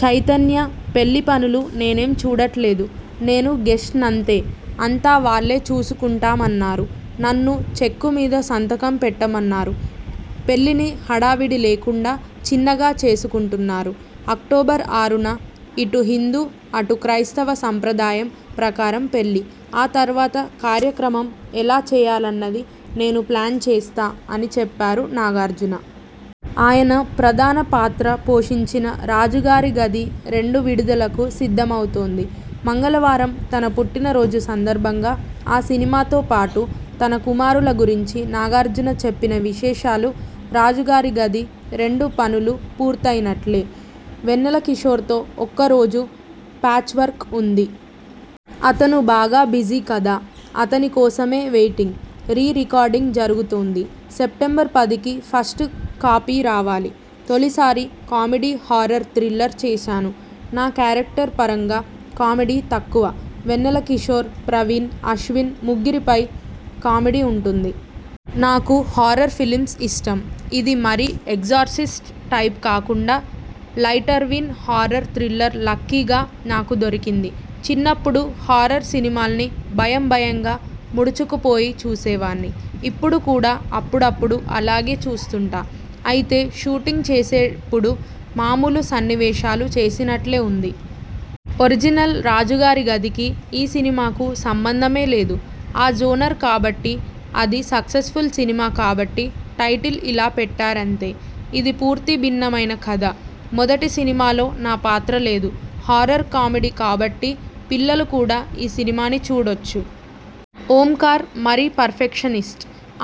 చైతన్య పెళ్లి పనులు నేనేం చూడట్లేదు. నేను గెస్ట్నంతే. అంతా వాళ్లే చూసుకుంటామన్నారు. నన్ను చెక్కు మీద సంతకం పెట్టమన్నారు. పెళ్లిని హడావిడి లేకుండా చిన్నగా చేసుకుంటున్నారు. అక్టోబర్ ఆరున ఇటు హిందు, అటు క్రైస్తవ సంప్రదాయం ప్రకారం పెళ్లి. ఆ తర్వాత కార్యక్రమం ఎలా చేయాలన్నది నేను ప్లాన్ చేస్తా అని చెప్పారు నాగార్జున. ఆయన ప్రధాన పాత్ర పోషించిన రాజుగారి గది రెండు విడుదలకు సిద్ధమవుతోంది. మంగళవారం తన పుట్టినరోజు సందర్భంగా ఆ సినిమాతో పాటు తన కుమారుల గురించి నాగార్జున చెప్పిన విశేషాలు రాజుగారి గది రెండు పనులు పూర్తయినట్లే. వెన్నెల కిశోర్తో ఒక్క రోజు ప్యాచ్వర్క్ ఉంది. అతను బాగా బిజీ కదా! అతని కోసమే వెయిటింగ్. రీ రికార్డింగ్ జరుగుతోంది. సెప్టెంబర్ పదికి ఫస్ట్ కాపీ రావాలి. తొలిసారి కామెడీ హారర్ థ్రిల్లర్ చేశాను. నా కేరక్టర్ పరంగా కామెడీ తక్కువ. వెన్నెల కిశోర్, ప్రవీణ్, అశ్విన్ ముగ్గురి పై కామెడీ ఉంటుంది. నాకు హారర్ ఫిలిమ్స్ ఇష్టం. ఇది మరీ 'ఎగ్జార్సిస్ట్' టైప్ కాకుండా, లైటర్వీన్ హారర్ థ్రిల్లర్ లక్కీ గా నాకు దొరికింది. చిన్నప్పుడు హారర్ సినిమాల్ని భయం భయంగా ముడుచుకుపోయి చూసేవాణ్ని. ఇప్పుడు కూడా అప్పుడప్పుడు అలాగే చూస్తుంటా. అయితే షూటింగ్ చేసేప్పుడు మామూలు సన్నివేశాలు చేసినట్లే ఉంది. ఒరిజినల్ 'రాజుగారి గది'కీ, ఈ సినిమాకూ సంబంధమే లేదు. ఆ జోనర్ కాబట్టి, అది సక్సెస్ఫుల్ సినిమా కాబట్టి.. టైటిల్ ఇలా పెట్టారంతే. ఇది పూర్తి భిన్నమైన కథ. మొదటి సినిమాలో నా పాత్ర లేదు. హారర్ కామెడీ కాబట్టి పిల్లలు కూడా ఈ సినిమాని చూడొచ్చు. ఓంకార్ మరీ పర్ఫెక్షనిస్ట్.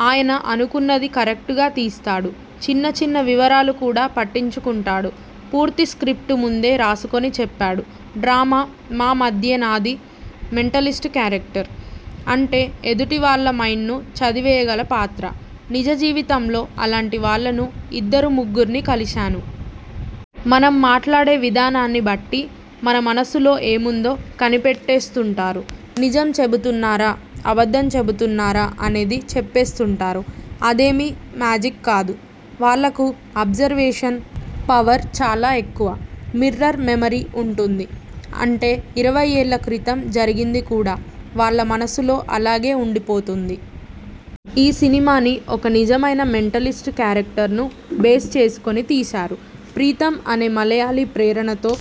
ఆయన అనుకున్నది కరెక్టుగా తీస్తాడు. చిన్న చిన్న వివరాలు కూడా పట్టించుకుంటాడు. పూర్తి స్ర్కిప్టు ముందే రాసుకొని చెప్పాడు. డ్రామా మా మధ్యేనాది మెంటలిస్ట్ కేరక్టర్. అంటే ఎదుటివాళ్ల మైండ్ను చదివేయగల పాత్ర. నిజ జీవితంలో అలాంటి వాళ్లను ఇద్దరు ముగ్గుర్ని కలిశాను. మనం మాట్లాడే విధానాన్ని బట్టి మన మనసులో ఏముందో కనిపెట్టేస్తుంటారు. నిజం చెబుతున్నారా, అబద్ధం చెబుతున్నారా అనేది చెప్పేస్తుంటారు. అదేమీ మ్యాజిక్ కాదు. వాళ్లకు అబ్జర్వేషన్ పవర్ చాలా ఎక్కువ. మిర్రర్ మెమరీ ఉంటుంది. అంటే ఇరవై ఏళ్ల క్రితం జరిగింది కూడా వాళ్ల మనసులో అలాగే ఉండిపోతుంది. ఈ సినిమాని ఒక నిజమైన మెంటలిస్ట్ కేరక్టర్ను బేస్ చేసుకొని తీశారు. ప్రీతమ్ అనే మలయాళీ ప్రేరణతో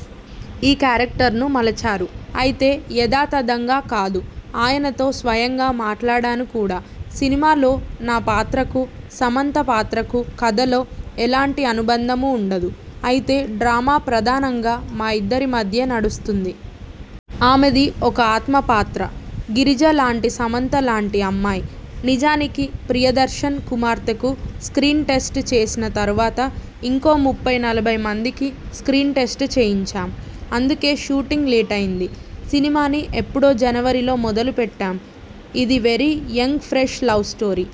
ఈ క్యారెక్టర్ను మలచారు. అయితే యథాతథంగా కాదు. ఆయనతో స్వయంగా మాట్లాడాను కూడా. సినిమాలో నా పాత్రకూ, సమంత పాత్రకూ కథలో ఎలాంటి అనుబంధమూ ఉండదు. అయితే డ్రామా ప్రధానంగా మా ఇద్దరి మధ్యే నడుస్తుంది. ఆమెది ఒక ఆత్మ పాత్ర. గిరిజ లాంటి సమంత లాంటి అమ్మాయి! నిజానికి ప్రియదర్శన్ కుమార్తెకు స్క్రీన్ టెస్ట్ చేసిన తర్వాత ఇంకో ముప్పై, నలభై మందికి స్క్రీన్ టెస్ట్ చేయించాం. అందుకే షూటింగ్ లేటయ్యింది. సినిమాని ఎప్పుడో జనవరి లో మొదలు పెట్టాం. ఇది very young fresh love story.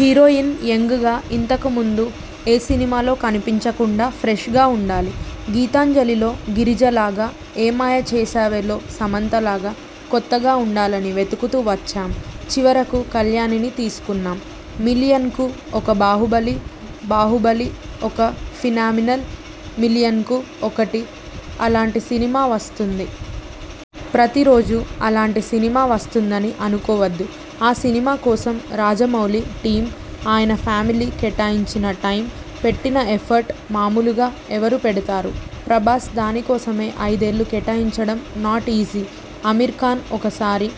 Heroine యంగ్గా, ఇంతకు ముందు ఏ సినిమాలో కనిపించకుండా ఫ్రెష్గా ఉండాలి. 'గీతాంజలి'లో గిరిజలాగా, 'ఏ మాయ చేశావే'లో సమంత లాగా కొత్తగా ఉండాలని వెతుకుతూ వచ్చాం. చివరకు కల్యాణిని తీసుకున్నాం. మిలియన్కు ఒక 'బాహుబలి''బాహుబలి' ఒక ఫినామినల్! మిలియన్కు ఒకటి అలాంటి సినిమా వస్తుంది. ప్రతి రోజూ అలాంటి సినిమా వస్తుందని అనుకోవద్దు. ఆ సినిమా కోసం రాజమౌళి టీమ్, ఆయన ఫ్యామిలీ కేటాయించిన టైమ్, పెట్టిన ఎఫర్ట్ మామూలుగా ఎవరు పెడతారు! ప్రభాస్ దాని కోసమే ఐదేళ్లు కేటాయించడం నాట్ ఈజీ. అమీర్ఖాన్ ఒకసారి